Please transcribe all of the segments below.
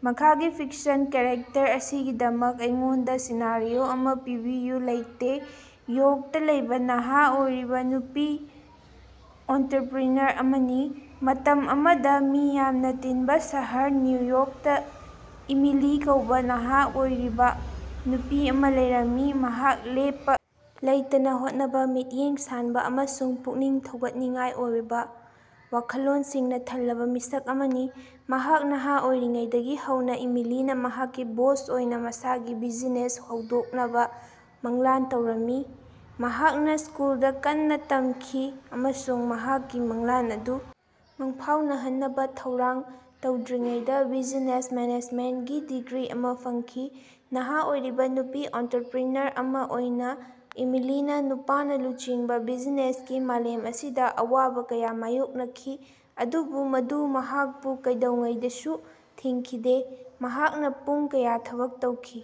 ꯃꯈꯥꯒꯤ fiction character ꯑꯁꯤꯒꯤꯗꯃꯛ ꯑꯩꯉꯣꯟꯗ ꯁꯤꯅꯥꯔꯤꯑꯣ ꯑꯃ ꯄꯤꯕꯤꯌꯨ ꯂꯩꯇꯦ꯫ ꯌꯣꯛꯇ ꯂꯩꯕ ꯅꯍꯥ ꯑꯣꯏꯔꯤꯕ ꯅꯨꯄꯤ ꯑꯣꯟꯇꯔꯄ꯭ꯔꯤꯅꯔ ꯑꯃꯅꯤ꯫ ꯃꯇꯝ ꯑꯃꯗ ꯃꯤ ꯌꯥꯝꯅ ꯇꯤꯟꯕ ꯁꯍꯔ ꯅ꯭ꯌꯨ ꯌꯣꯛꯇ ꯏꯃꯤꯂꯤ ꯀꯧꯕ ꯅꯍꯥ ꯑꯣꯏꯔꯤꯕ ꯅꯨꯄꯤ ꯑꯃ ꯂꯩꯔꯝꯃꯤ꯫ ꯃꯍꯥꯛ ꯂꯦꯞꯄ ꯂꯩꯇꯅ ꯍꯣꯠꯅꯕ, ꯃꯤꯠꯌꯦꯡ ꯁꯥꯟꯕ ꯑꯃꯁꯨꯡ ꯄꯨꯛꯅꯤꯡ ꯊꯧꯒꯠꯅꯤꯡꯉꯥꯏ ꯑꯣꯏꯕ ꯋꯥꯈꯜꯂꯣꯟꯁꯤꯡꯅ ꯊꯜꯂꯕ ꯃꯤꯁꯛ ꯑꯃꯅꯤ꯫ ꯃꯍꯥꯛ ꯅꯍꯥ ꯑꯣꯏꯔꯤꯉꯩꯗꯒꯤ ꯍꯧꯅ ꯏꯃꯤꯂꯤꯅ ꯃꯍꯥꯛꯀꯤ ꯕꯣꯁ ꯑꯣꯏꯅ ꯃꯁꯥꯒꯤ ꯕꯤꯖꯤꯅꯦꯁ ꯍꯧꯗꯣꯛꯅꯕ ꯃꯪꯂꯥꯟ ꯇꯧꯔꯝꯃꯤ꯫ ꯃꯍꯥꯛꯅ ꯁ꯭ꯀꯨꯜꯗ ꯀꯟꯅ ꯇꯝꯈꯤ ꯑꯃꯁꯨꯡ ꯃꯍꯥꯛꯀꯤ ꯃꯪꯂꯥꯟ ꯑꯗꯨ ꯃꯪꯐꯥꯎꯅꯍꯟꯅꯕ ꯊꯧꯔꯥꯡ ꯇꯧꯗ꯭ꯔꯤꯉꯩꯗ ꯕꯤꯖꯤꯅꯦꯁ ꯃꯦꯅꯦꯖꯃꯦꯟꯠꯀꯤ ꯗꯤꯒ꯭ꯔꯤ ꯑꯃ ꯐꯪꯈꯤ꯫ ꯅꯍꯥ ꯑꯣꯏꯔꯤꯕ ꯅꯨꯄꯤ ꯑꯣꯟꯇꯔꯄ꯭ꯔꯤꯅꯔ ꯑꯃ ꯑꯣꯏꯅ ꯏꯃꯤꯂꯤꯅ ꯅꯨꯄꯥꯅ ꯂꯨꯆꯤꯡꯕ ꯕꯤꯖꯤꯅꯦꯁꯀꯤ ꯃꯥꯂꯦꯝ ꯑꯁꯤꯗ ꯑꯋꯥꯕ ꯀꯌꯥ ꯃꯥꯌꯣꯛꯅꯈꯤ꯫ ꯑꯗꯨꯕꯨ ꯃꯗꯨ ꯃꯍꯥꯛꯄꯨ ꯀꯩꯗꯧꯉꯩꯗꯁꯨ ꯊꯤꯡꯈꯤꯗꯦ꯫ ꯃꯍꯥꯛꯅ ꯄꯨꯡ ꯀꯌꯥ ꯊꯕꯛ ꯇꯧꯈꯤ,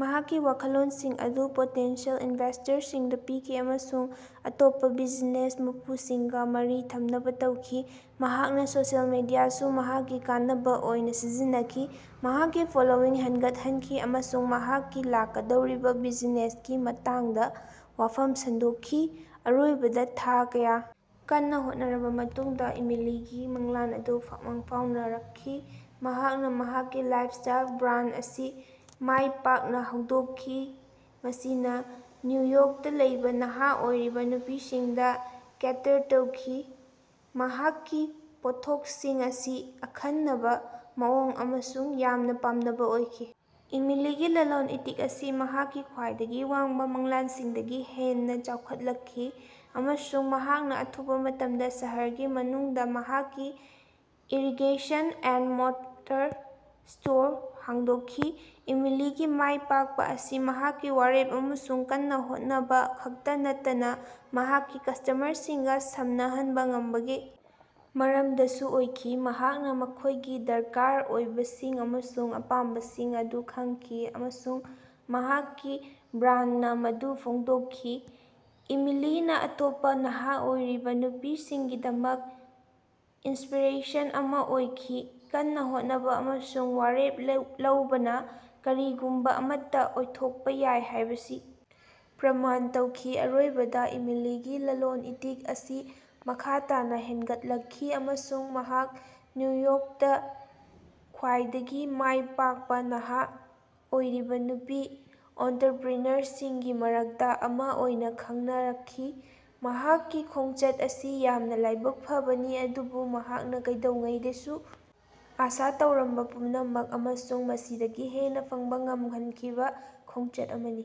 ꯃꯍꯥꯛꯀꯤ ꯋꯥꯈꯜꯂꯣꯟꯁꯤꯡ ꯑꯗꯨ ꯄꯣꯇꯦꯟꯁꯤꯌꯜ ꯏꯅꯚꯦꯁ꯭ꯇꯔꯁꯤꯡꯗ ꯄꯤꯈꯤ ꯑꯃꯁꯨꯡ ꯑꯇꯣꯞꯄ ꯕꯤꯖꯤꯅꯦꯁ ꯃꯄꯨꯁꯤꯡꯒꯥ ꯃꯔꯤ ꯊꯝꯅꯕ ꯇꯧꯈꯤ꯫ ꯃꯍꯥꯛꯅ ꯁꯣꯁꯤꯌꯦꯜ ꯃꯤꯗꯤꯌꯥꯁꯨ ꯃꯍꯥꯛꯀꯤ ꯀꯥꯟꯅꯕ ꯑꯣꯏꯅ ꯁꯤꯖꯤꯟꯅꯈꯤ, ꯃꯍꯥꯛꯀꯤ ꯐꯣꯂꯣꯋꯤꯡ ꯍꯦꯟꯒꯠꯍꯟꯈꯤ ꯑꯃꯁꯨꯡ ꯃꯍꯥꯛꯀꯤ ꯂꯥꯛꯀꯗꯧꯔꯤꯕ ꯕꯤꯖꯤꯅꯦꯁꯀꯤ ꯃꯇꯥꯡꯗ ꯋꯥꯐꯝ ꯁꯟꯗꯣꯛꯈꯤ꯫ ꯑꯔꯣꯏꯕꯗ ꯊꯥ ꯀꯌꯥ ꯀꯟꯅ ꯍꯣꯠꯅꯔꯕ ꯃꯇꯨꯡꯗ ꯏꯃꯤꯂꯤꯒꯤ ꯃꯪꯂꯥꯟ ꯑꯗꯨ ꯃꯪꯐꯥꯎꯅꯔꯛꯈꯤ꯫ ꯃꯍꯥꯛꯅ ꯃꯍꯥꯛꯀꯤ ꯂꯥꯏꯐꯁ꯭ꯇꯥꯏꯜ ꯕ꯭ꯔꯥꯟꯗ ꯑꯁꯤ ꯃꯥꯏ ꯄꯥꯛꯅ ꯍꯧꯗꯣꯛꯈꯤ, ꯃꯁꯤꯅ ꯅ꯭ꯌꯨ ꯌꯣꯛꯇ ꯂꯩꯕ ꯅꯍꯥ ꯑꯣꯏꯔꯤꯕ ꯅꯨꯄꯤꯁꯤꯡꯗ ꯀꯦꯇꯔ ꯇꯧꯈꯤ꯫ ꯃꯍꯥꯛꯀꯤ ꯄꯣꯠꯊꯣꯛꯁꯤꯡ ꯑꯁꯤ ꯑꯈꯟꯅꯕ, ꯃꯑꯣꯡ ꯑꯃꯁꯨꯡ ꯌꯥꯝꯅ ꯄꯥꯝꯅꯕ ꯑꯣꯏꯈꯤ꯫ ꯏꯃꯤꯂꯤꯒꯤ ꯂꯂꯣꯟ-ꯏꯇꯤꯛ ꯑꯁꯤ ꯃꯍꯥꯛꯀꯤ ꯈ꯭ꯋꯥꯏꯗꯒꯤ ꯋꯥꯡꯕ ꯃꯪꯂꯥꯟꯁꯤꯡꯗꯒꯤ ꯍꯦꯟꯅ ꯆꯥꯎꯈꯠꯂꯛꯈꯤ, ꯑꯃꯁꯨꯡ ꯃꯍꯥꯛꯅ ꯑꯊꯨꯕ ꯃꯇꯝꯗ ꯁꯍꯔꯒꯤ ꯃꯅꯨꯡꯗ ꯃꯍꯥꯛꯀꯤ ꯏꯔꯤꯒꯦꯁꯟ-ꯑꯦꯟꯗ-ꯃꯣꯔꯇꯔ ꯁ꯭ꯇꯣꯔ ꯍꯥꯡꯗꯣꯛꯈꯤ꯫ ꯏꯃꯤꯂꯤꯒꯤ ꯃꯥꯏꯄꯥꯛꯄ ꯑꯁꯤ ꯃꯍꯥꯛꯀꯤ ꯋꯥꯔꯦꯞ ꯑꯃꯁꯨꯡ ꯀꯟꯅ ꯍꯣꯠꯅꯕ ꯈꯛꯇ ꯅꯠꯇꯅ ꯃꯍꯥꯛꯀꯤ ꯀꯁ꯭ꯇꯃꯔꯁꯤꯡꯒ ꯁꯝꯅꯍꯟꯕ ꯉꯝꯕꯒꯤ ꯃꯔꯝꯗꯁꯨ ꯑꯣꯏꯈꯤ꯫ ꯃꯍꯥꯛꯅ ꯃꯈꯣꯏꯒꯤ ꯗꯔꯀꯥꯔ ꯑꯣꯏꯕꯁꯤꯡ ꯑꯃꯁꯨꯡ ꯑꯄꯥꯝꯕꯁꯤꯡ ꯑꯗꯨ ꯈꯪꯈꯤ, ꯑꯃꯁꯨꯡ ꯃꯍꯥꯛꯀꯤ ꯕ꯭ꯔꯥꯟꯗꯅ ꯃꯗꯨ ꯐꯣꯡꯗꯣꯛꯈꯤ꯫ ꯏꯃꯤꯂꯤꯅ ꯑꯇꯣꯞꯄ ꯅꯍꯥ ꯑꯣꯏꯔꯤꯕ ꯅꯨꯄꯤꯁꯤꯡꯒꯤꯗꯃꯛ ꯏꯟꯁꯄꯤꯔꯦꯁꯟ ꯑꯃ ꯑꯣꯏꯈꯤ, ꯀꯟꯅ ꯍꯣꯠꯅꯕ ꯑꯃꯁꯨꯡ ꯋꯥꯔꯦꯞ ꯂꯧꯕꯅ ꯀꯔꯤꯒꯨꯝꯕ ꯑꯃꯠꯇ ꯑꯣꯏꯊꯣꯛꯄ ꯌꯥꯏ ꯍꯥꯏꯕꯁꯤ ꯄ꯭ꯔꯃꯥꯟ ꯇꯧꯈꯤ꯫ ꯑꯔꯣꯏꯕꯗ ꯏꯃꯤꯂꯤꯒꯤ ꯂꯂꯣꯟ-ꯏꯇꯤꯛ ꯑꯁꯤ ꯃꯈꯥ ꯇꯥꯅ ꯍꯦꯟꯒꯠꯂꯛꯈꯤ, ꯑꯃꯁꯨꯡ ꯃꯍꯥꯛ ꯅ꯭ꯌꯨ ꯌꯣꯔꯛꯇ ꯈ꯭ꯕꯥꯏꯗꯒꯤ ꯃꯥꯏ ꯄꯥꯛꯄ ꯅꯍꯥ ꯑꯣꯏꯔꯤꯕ ꯅꯨꯄꯤ ꯑꯣꯟꯇꯔꯄ꯭ꯔꯤꯅꯔꯁꯤꯡꯒꯤ ꯃꯔꯛꯇ ꯑꯃ ꯑꯣꯏꯅ ꯈꯪꯅꯔꯛꯈꯤ꯫ ꯃꯍꯥꯛꯀꯤ ꯈꯣꯡꯆꯠ ꯑꯁꯤ ꯌꯥꯝꯅ ꯂꯥꯏꯕꯛ ꯐꯕꯅꯤ, ꯑꯗꯨꯕꯨ ꯃꯍꯥꯛꯅ ꯀꯩꯗꯧꯉꯩꯗꯁꯨ ꯑꯥꯁꯥ ꯇꯧꯔꯝꯕ ꯄꯨꯝꯅꯃꯛ, ꯑꯃꯁꯨꯡ ꯃꯁꯤꯗꯒꯤ ꯍꯦꯟꯅ ꯐꯪꯕ ꯉꯝꯍꯟꯈꯤꯕ ꯈꯣꯡꯆꯠ ꯑꯃꯅꯤ꯫